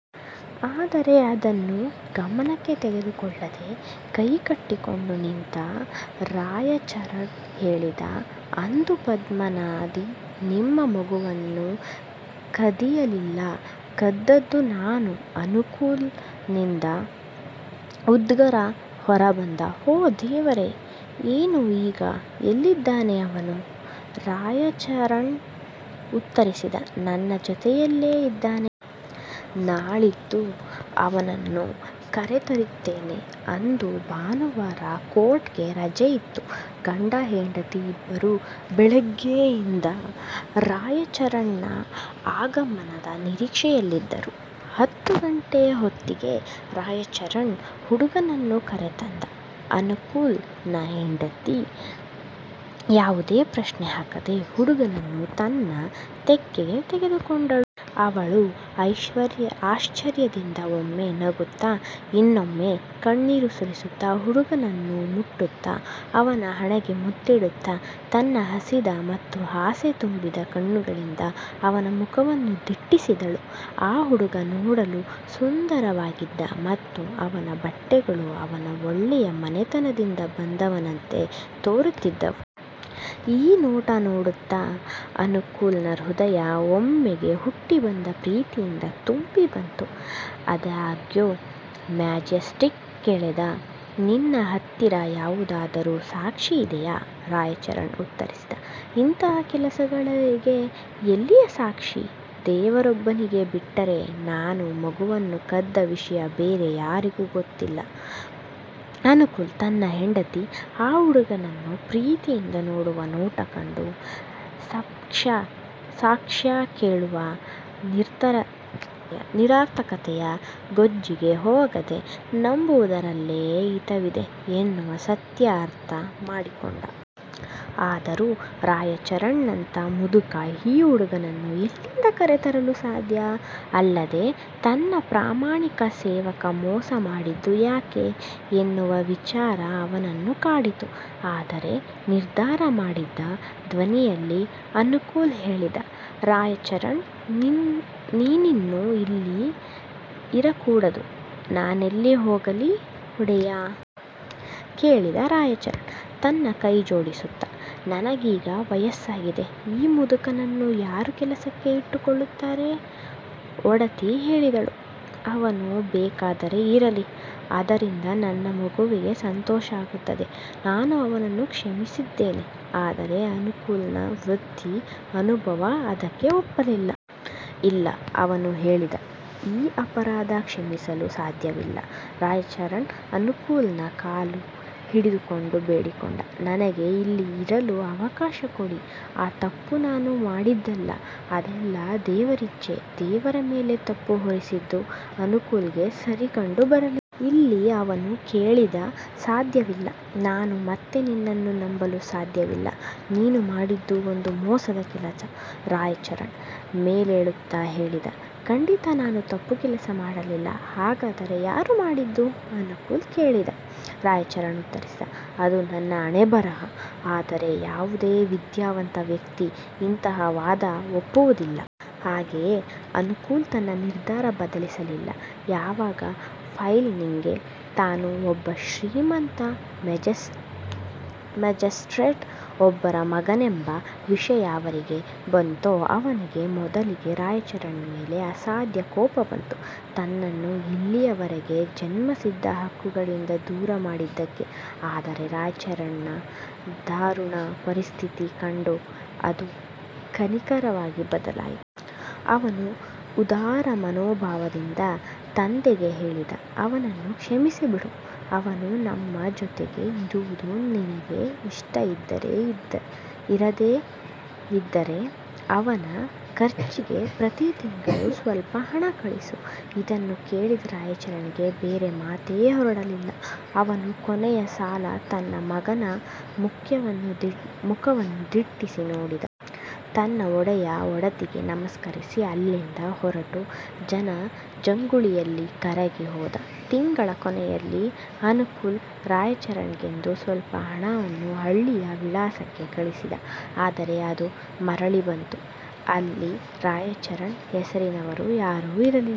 ಆದರೆ ಅದನ್ನು ಗಮನಕ್ಕೆ ತೆಗೆದುಕೊಳ್ಳದೆ, ಕೈ ಕಟ್ಟಿಕೊಂಡು ನಿಂತ ರಾಯಚರಣ್ ಹೇಳಿದ "ಅಂದು ಪದ್ಮ ನದಿ ನಿಮ್ಮ ಮಗುವನ್ನು ಕದಿಯಲಿಲ್ಲ. ಕದ್ದದ್ದು ನಾನು" ಅನುಕೂಲ್ ನಿಂದ ಉದ್ಗಾರ ಹೊರ ಬಂತು "ಓ ದೇವರೇ! ಏನು ಈಗ ಎಲ್ಲಿದ್ದಾನೆ ಅವನು? " ರಾಯಚರಣ್ ಉತ್ತರಿಸಿದ "ನನ್ನ ಜೊತೆಯಲ್ಲಿ ಇದ್ದಾನೆ. ನಾಳಿದ್ದು ಅವನನ್ನು ಕರೆ ತರುತ್ತೇನೆ" ಅಂದು ಭಾನುವಾರ. ಕೋರ್ಟ್ ಗೆ ರಜೆ ಇತ್ತು. ಗಂಡ ಹೆಂಡತಿ ಇಬ್ಬರೂ ಬೆಳಿಗ್ಗೆಯಿಂದ ರಾಯಚರಣ್ ನ ಆಗಮನದ ನೀರಿಕ್ಷೆಯಲ್ಲಿದ್ದರು. ಹತ್ತು ಗಂಟೆ ಹೊತ್ತಿಗೆ, ರಾಯಚರಣ್ ಹುಡುಗನನ್ನು ಕರೆ ತಂದ. ಅನುಕೂಲ್ ನ ಹೆಂಡತಿ, ಯಾವುದೇ ಪ್ರಶ್ನೆ ಹಾಕದೇ, ಹುಡುಗನನ್ನು ತನ್ನ ತೆಕ್ಕೆಗೆ ತೆಗೆದುಕೊಂಡಳು. ಅವಳು ಆಶ್ಚರ್ಯದಿಂದ, ಒಮ್ಮೆ ನಗುತ್ತ, ಇನ್ನೊಮ್ಮೆ ಕಣ್ಣೀರು ಸುರಿಸುತ್ತ, ಹುಡುಗನನ್ನು ಮುಟ್ಟುತ್ತ, ಅವನ ಹಣೆಗೆ ಮುತ್ತಿಡುತ್ತ, ತನ್ನ ಹಸಿದ ಮತ್ತು ಆಸೆ ತುಂಬಿದ ಕಣ್ಣುಗಳಿಂದ ಅವನ ಮುಖವನ್ನು ದಿಟ್ಟಿಸಿದಳು. ಆ ಹುಡುಗ ನೋಡಲು ಸುಂದರವಾಗಿದ್ದ ಮತ್ತು ಅವನ ಬಟ್ಟೆಗಳು ಅವನು ಒಳ್ಳೆಯ ಮನೆತನದಿಂದ ಬಂದವನಂತೆ ತೋರುತ್ತಿದ್ದವು. ಈ ನೋಟ ನೋಡುತ್ತ ಅನುಕೂಲ್ ನ ಹೃದಯ ಒಮ್ಮೆಗೆ ಹುಟ್ಟಿ ಬಂದ ಪ್ರೀತಿಯಿಂದ ತುಂಬಿ ಬಂತು. ಆದಾಗ್ಯೂ ಮ್ಯಾಜಿಸ್ಟ್ರೇಟ್ ಕೇಳಿದ "ನಿನ್ನ ಹತ್ತಿರ ಯಾವುದಾದರೂ ಸಾಕ್ಷಿ ಇದೆಯಾ? " ರಾಯಚರಣ್ ಉತ್ತರಿಸಿದ "ಇಂತಹ ಕೆಲಸಗಳಿಗೆ ಎಲ್ಲಿಯ ಸಾಕ್ಷಿ? ದೇವರೋಬ್ಬನಿಗೆ ಬಿಟ್ಟರೆ, ನಾನು ಮಗುವನ್ನು ಕದ್ದ ವಿಷಯ ಬೇರೆ ಯಾರಿಗೂ ಗೊತ್ತಿಲ್ಲ" ಅನುಕೂಲ್ ತನ್ನ ಹೆಂಡತಿ ಆ ಹುಡುಗನನ್ನು ಪ್ರೀತಿಯಿಂದ ನೋಡುವ ನೋಟ ಕಂಡು, ಸಾಕ್ಷ್ಯ ಕೇಳುವ ನಿರರ್ಥಕತೆಯ ಗೋಜಿಗೆ ಹೋಗದೇ ನಂಬುವುದರಲ್ಲೇ ಹಿತವಿದೆ ಎನ್ನುವ ಸತ್ಯ ಅರ್ಥ ಮಾಡಿಕೊಂಡ. ಆದರೂ ರಾಯಚರಣ್ ನಂಥ ಮುದುಕ ಈ ಹುಡುಗನ್ನು ಎಲ್ಲಿಂದ ಕರೆ ತರಲು ಸಾಧ್ಯ? ಅಲ್ಲದೆ ತನ್ನ ಪ್ರಾಮಾಣಿಕ ಸೇವಕ ಮೋಸ ಮಾಡಿದ್ದು ಯಾಕೆ? ಎನ್ನುವ ವಿಚಾರ ಅವನನ್ನು ಕಾಡಿತು. "ಆದರೆ" ನಿರ್ಧಾರ ಮಾಡಿದ ಧ್ವನಿಯಲ್ಲಿ ಅನುಕೂಲ್ ಹೇಳಿದ "ರಾಯಚರಣ್, ನೀನಿನ್ನೂ, ಇಲ್ಲಿ ಇರಕೂಡದು" "ನಾನೆಲ್ಲಿ ಹೋಗಲಿ, ಒಡೆಯ? " ಕೇಳಿದ ರಾಯಚರಣ್ ತನ್ನ ಕೈ ಜೋಡಿಸುತ್ತ "ನನಗೀಗ ವಯಸ್ಸಾಗಿದೆ. ಈ ಮುದುಕನನ್ನು ಯಾರು ಕೆಲಸಕ್ಕೆ ಇಟ್ಟು ಕೊಳ್ಳುತ್ತಾರೆ? " ಒಡತಿ ಹೇಳಿದಳು "ಅವನು ಬೇಕಾದರೆ ಇರಲಿ. ಅದರಿಂದ ನನ್ನ ಮಗುವಿಗೆ ಸಂತೋಷ ಆಗುತ್ತೆ. ನಾನು ಅವನನ್ನು ಕ್ಷಮಿಸಿದ್ದೇನೆ" ಆದರೆ ಅನುಕೂಲ್ ನ ವೃತ್ತಿ ಅನುಭವ ಅದಕ್ಕೆ ಒಪ್ಪಲಿಲ್ಲ. "ಇಲ್ಲ" ಅವನು ಹೇಳಿದ "ಈ ಅಪರಾಧ ಕ್ಷಮಿಸಲು ಸಾಧ್ಯವಿಲ್ಲ" ರಾಯಚರಣ್ ಅನುಕೂಲ್ ನ ಕಾಲು ಹಿಡಿದುಕೊಂಡು ಬೇಡಿಕೊಂಡ "ನನಗೆ ಇಲ್ಲಿ ಇರಲು ಅವಕಾಶ ಕೊಡಿ. ಆ ತಪ್ಪು ನಾನು ಮಾಡಿದ್ದಲ್ಲ. ಅದೆಲ್ಲ ದೇವರಿಚ್ಚೆ" ದೇವರ ಮೇಲೆ ತಪ್ಪು ಹೊರಿಸಿದ್ದು ಅನುಕೂಲ್ ಗೆ ಸರಿ ಕಂಡು ಬರಲಿಲ್ಲ. "ಇಲ್ಲ" ಅವನು ಹೇಳಿದ "ಸಾಧ್ಯವಿಲ್ಲ. ನಾನು ಮತ್ತೆ ನಿನ್ನನ್ನು ನಂಬಲು ಸಾಧ್ಯವಿಲ್ಲ. ನೀನು ಮಾಡಿದ್ದು ಒಂದು ಮೋಸದ ಕೆಲಸ" ರಾಯಚರಣ್ ಮೇಲೇಳುತ್ತ ಹೇಳಿದ "ಖಂಡಿತ ನಾನು ತಪ್ಪು ಕೆಲಸ ಮಾಡಿಲ್ಲ" "ಹಾಗಾದರೆ ಯಾರು ಮಾಡಿದ್ದು? " ಅನುಕೂಲ್ ಕೇಳಿದ. ರಾಯಚರಣ್ ಉತ್ತರಿಸಿದ "ಅದು ನನ್ನ ಹಣೆ ಬರಹ" ಆದರೆ ಯಾವುದೇ ವಿದ್ಯಾವಂತ ವ್ಯಕ್ತಿ ಇಂತಹ ವಾದ ಒಪ್ಪುವುದಿಲ್ಲ. ಹಾಗೆಯೇ ಅನುಕೂಲ್ ತನ್ನ ನಿರ್ಧಾರ ಬದಲಿಸಲಿಲ್ಲ. ಯಾವಾಗ ಫೈಲ್ನ ನಿಗೆ ತಾನು ಒಬ್ಬ ಶ್ರೀಮಂತ ಮ್ಯಾಜಿಸ್ಟ್ರೇಟ್ ಒಬ್ಬರ ಮಗನೆಂಬ ವಿಷಯ ಅರಿವಿಗೆ ಬಂತೋ, ಅವನಿಗೆ ಮೊದಲಿಗೆ ರಾಯಚರಣ್ ಮೇಲೆ ಅಸಾಧ್ಯ ಕೋಪ ಬಂತು, ತನ್ನನ್ನು ಇಲ್ಲಿಯವರೆಗೆ ಜನ್ಮಸಿದ್ಧ ಹಕ್ಕುಗಳಿಂದ ದೂರ ಮಾಡಿದ್ದಕ್ಕೆ. ಆದರೆ ರಾಯಚರಣ್ ನ ದಾರುಣ ಪರಿಸ್ಥಿತಿ ಕಂಡು ಅದು ಕನಿಕರವಾಗಿ ಬದಲಾಯಿತು. ಅವನು ಉದಾರ ಮನೋಭಾವದಿಂದ ತಂದೆಗೆ ಹೇಳಿದ "ಅವನನ್ನು ಕ್ಷಮಿಸಿಬಿಡು. ಅವನು ನಮ್ಮ ಜೊತೆಗೆ ಇರುವುದು ನಿನಗೆ ಇಷ್ಟ ಇರದೇ ಇದ್ದರೇ, ಅವನ ಖರ್ಚಿಗೆ ಪ್ರತಿ ತಿಂಗಳು ಸ್ವಲ್ಪ ಹಣ ಕಳಿಸು" ಇದನ್ನು ಕೇಳಿದ ರಾಯಚರಣ್ ಗೆ ಬೇರೆ ಮಾತೇ ಹೊರಡಲಿಲ್ಲ. ಅವನು ಕೊನೆಯ ಸಲ ತನ್ನ ಮಗನ ಮುಖವನ್ನು ದಿಟ್ಟಿಸಿ ನೋಡಿದ. ತನ್ನ ಒಡೆಯ, ಒಡತಿಗೆ ನಮಸ್ಕರಿಸಿ ಅಲ್ಲಿಂದ ಹೊರಟು ಜನ ಜಂಗುಳಿಯಲ್ಲಿ ಕರಗಿ ಹೋದ. ತಿಂಗಳ ಕೊನೆಯಲ್ಲಿ ಅನುಕೂಲ್ ರಾಯಚರಣ್ ಗೆಂದು ಸ್ವಲ್ಪ ಹಣ ಅವನ ಹಳ್ಳಿಯ ವಿಳಾಸಕ್ಕೆ ಕಳಿಸಿದ. ಆದರೆ ಅದು ಮರಳಿ ಬಂತು. ಅಲ್ಲಿ ರಾಯಚರಣ್ ಹೆಸರಿನವರು ಯಾರೂ ಇರಲಿಲ್ಲ.